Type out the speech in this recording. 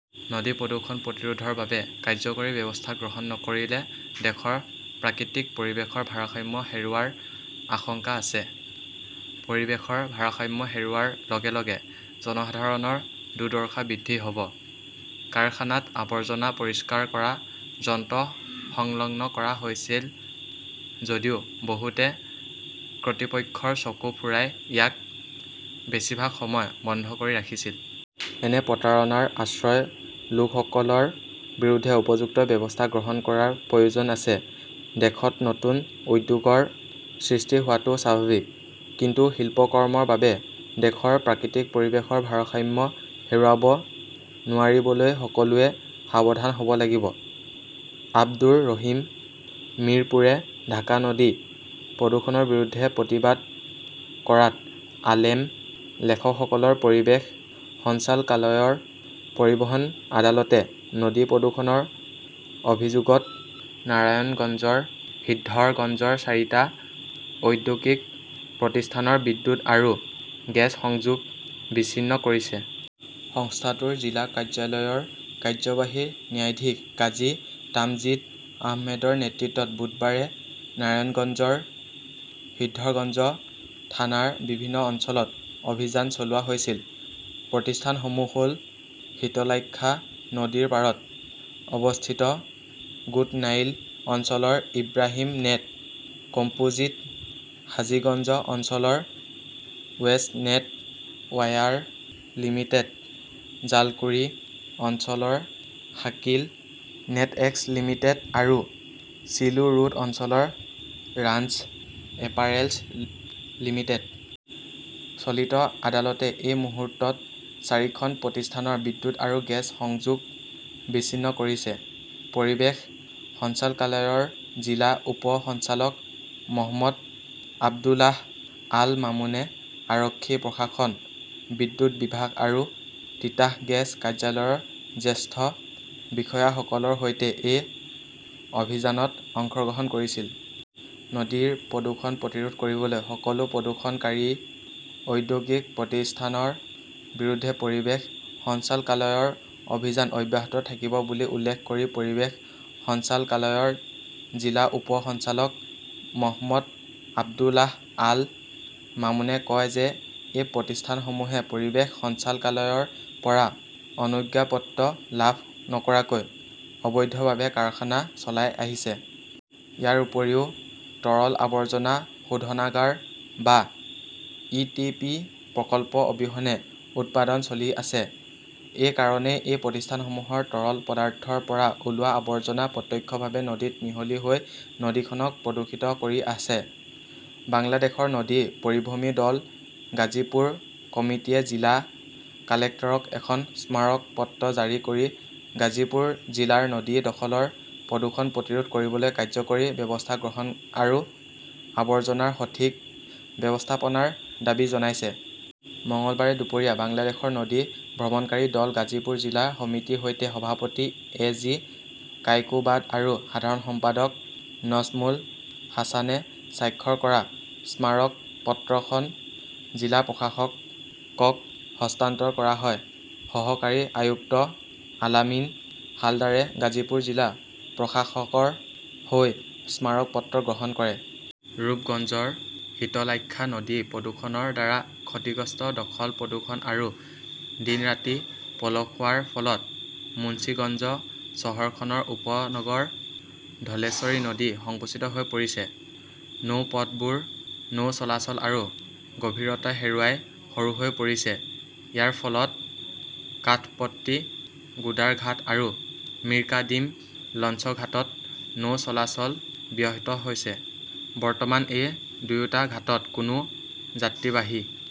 নদী প্ৰদূষণ প্ৰতিৰোধৰ বাবে কাৰ্যকৰী ব্যৱস্থা গ্ৰহণ নকৰিলে দেশৰ প্ৰাকৃতিক পৰিৱেশৰ ভাৰসাম্য হেৰুৱাৰ আশংকা আছে। পৰিৱেশৰ ভাৰসাম্য হেৰুওৱাৰ লগে লগে জনসাধাৰণৰ দুৰ্দশা বৃদ্ধি হ'ব। কাৰখানাত আৱৰ্জনা পৰিষ্কাৰ কৰা যন্ত্ৰ সংলগ্ন কৰা হৈছিল যদিও বহুতে কৰ্তৃপক্ষৰ চকু ফুৰাই ইয়াক বেছিভাগ সময় বন্ধ কৰি ৰাখিছিল। এনে প্ৰতাৰণাৰ আশ্ৰয় লোকসকলৰ বিৰুদ্ধে উপযুক্ত ব্যৱস্থা গ্ৰহণ কৰাৰ প্ৰয়োজন আছে। দেশত নতুন উদ্যোগৰ সৃষ্টি হোৱাটো স্বাভাৱিক। কিন্তু শিল্পকৰ্মৰ বাবে দেশৰ প্ৰাকৃতিক পৰিৱেশৰ ভাৰসাম্য হেৰুৱাব নোৱাৰিবলৈ সকলোৱে সাৱধান হ'ব লাগিব। আবদুৰ ৰহিম মিৰপুৰে ঢাকা নদী প্ৰদূষণৰ বিৰুদ্ধে প্ৰতিবাদ কৰাত আলেম লেখকসকলৰ পৰিৱেশ সঞ্চালকালয়ৰ পৰিবহন আদালতে নদী প্ৰদূষণৰ অভিযোগত নাৰায়ণগঞ্জৰ সিদ্ধৰগঞ্জৰ চাৰিটা ঔদ্যোগিক প্ৰতিষ্ঠানৰ বিদ্যুৎ আৰু গেছ সংযোগ বিচ্ছিন্ন কৰিছে। সংস্থাটোৰ জিলা কাৰ্যালয়ৰ কাৰ্যবাহী ন্যায়াধীশ কাজী তামজিদ আহমেদৰ নেতৃত্বত বুধবাৰে নাৰায়ণগঞ্জৰ সিদ্ধৰগঞ্জ থানাৰ বিভিন্ন অঞ্চলত অভিযান চলোৱা হৈছিল। প্ৰতিষ্ঠানসমূহ হ'ল-শীতলাক্ষ্যা নদীৰ পাৰত অৱস্থিত গোদনাইল অঞ্চলৰ ইব্ৰাহিম নেট কম্পোজিট, হাজিগঞ্জ অঞ্চলৰ west net wire limited, Jalkuri অঞ্চলৰ শাকিল নেটএক্স লিমিটেড আৰু চিলো ৰোড অঞ্চলৰ ৰান্স এপাৰেলছ লিমিটেড। চলিত আদালতে এই মুহূৰ্তত চাৰিখন প্ৰতিষ্ঠানৰ বিদ্যুৎ আৰু গেছ সংযোগ বিচ্ছিন্ন কৰিছে। পৰিৱেশ সঞ্চালকালয়ৰ জিলা উপ সঞ্চালক মহম্মদ আব্দুল্লাহ আল মামুনে আৰক্ষী প্ৰশাসন, বিদ্যুৎ বিভাগ আৰু তিতাস গেছ কাৰ্যালয়ৰ জ্যেষ্ঠ বিষয়াসকলৰ সৈতে এই অভিযানত অংশগ্ৰহণ কৰিছিল। নদীৰ প্ৰদূষণ প্ৰতিৰোধ কৰিবলৈ সকলো প্ৰদূষণকাৰী ঔদ্যোগিক প্ৰতিষ্ঠানৰ বিৰুদ্ধে পৰিৱেশ সঞ্চালকালয়ৰ অভিযান অব্যাহত থাকিব বুলি উল্লেখ কৰি পৰিৱেশ সঞ্চালকালয়ৰ জিলা উপ সঞ্চালক মহম্মদ আব্দুল্লাহ আল মামুনে কয় যে এই প্ৰতিষ্ঠানসমূহে পৰিৱেশ সঞ্চালকালয়ৰ পৰা অনুজ্ঞাপত্ৰ লাভ নকৰাকৈ অবৈধভাৱে কাৰখানা চলাই আহিছে। ইয়াৰ উপৰিও, তৰল আৱৰ্জনা শোধনাগাৰ বা ই.টি.পি. প্ৰকল্প অবিহনে উৎপাদন চলি আছে। এই কাৰণেই এই প্ৰতিষ্ঠানসমূহৰ তৰল পদাৰ্থৰ পৰা ওলোৱা আৱৰ্জনা প্ৰত্যক্ষভাৱে নদীত মিহলি হৈ নদীখনক প্ৰদূষিত কৰি আছে। বাংলাদেশৰ নদী পৰিভ্ৰমী দল গাজীপুৰ কমিটীয়ে জিলা কালেক্টৰক এখন স্মাৰক পত্ৰ জাৰি কৰি গাজীপুৰ জিলাৰ নদী দখলৰ প্ৰদূষণ প্ৰতিৰোধ কৰিবলৈ কাৰ্যকৰী ব্যৱস্থা গ্ৰহণ আৰু আৱৰ্জনাৰ সঠিক ব্যৱস্থাপনাৰ দাবী জনাইছে। মঙলবাৰে দুপৰীয়া বাংলাদেশৰ নদী ভ্ৰমণকাৰী দল গাজীপুৰ জিলা সমিতিৰ হৈ সভাপতি এ. জি. কায়কোবাদ আৰু সাধাৰণ সম্পাদক নজ্মুল হাছানে স্বাক্ষৰ কৰা স্মাৰক পত্ৰখন জিলা প্ৰশাসকক হস্তান্তৰ কৰা হয়। সহকাৰী আয়ুক্ত আলামিন হালদাৰে গাজীপুৰ জিলা প্ৰশাসকৰ হৈ স্মাৰক পত্ৰ গ্ৰহণ কৰে। ৰূপগঞ্জৰ শীতলাক্ষ্যা নদী প্ৰদূষণৰ দ্বাৰা ক্ষতিগ্ৰস্ত দখল-প্ৰদূষণ আৰু দিন-ৰাতি পলসুৱাৰ ফলত মুঞ্চিগঞ্জ চহৰখনৰ উপনগৰ ধলেশ্বৰী নদী সংকুচিত হৈ পৰিছে। নৌ পথবোৰ নৌ চলাচল আৰু গভীৰতা হেৰুৱাই সৰু হৈ পৰিছে। ইয়াৰ ফলত কাঠপট্টি গুদাৰঘাট আৰু মিৰকাদিম লঞ্চঘাটত নৌ চলাচল ব্যাহত হৈছে। বৰ্তমান এই দুয়োটা ঘাটত কোনো যাত্ৰীবাহী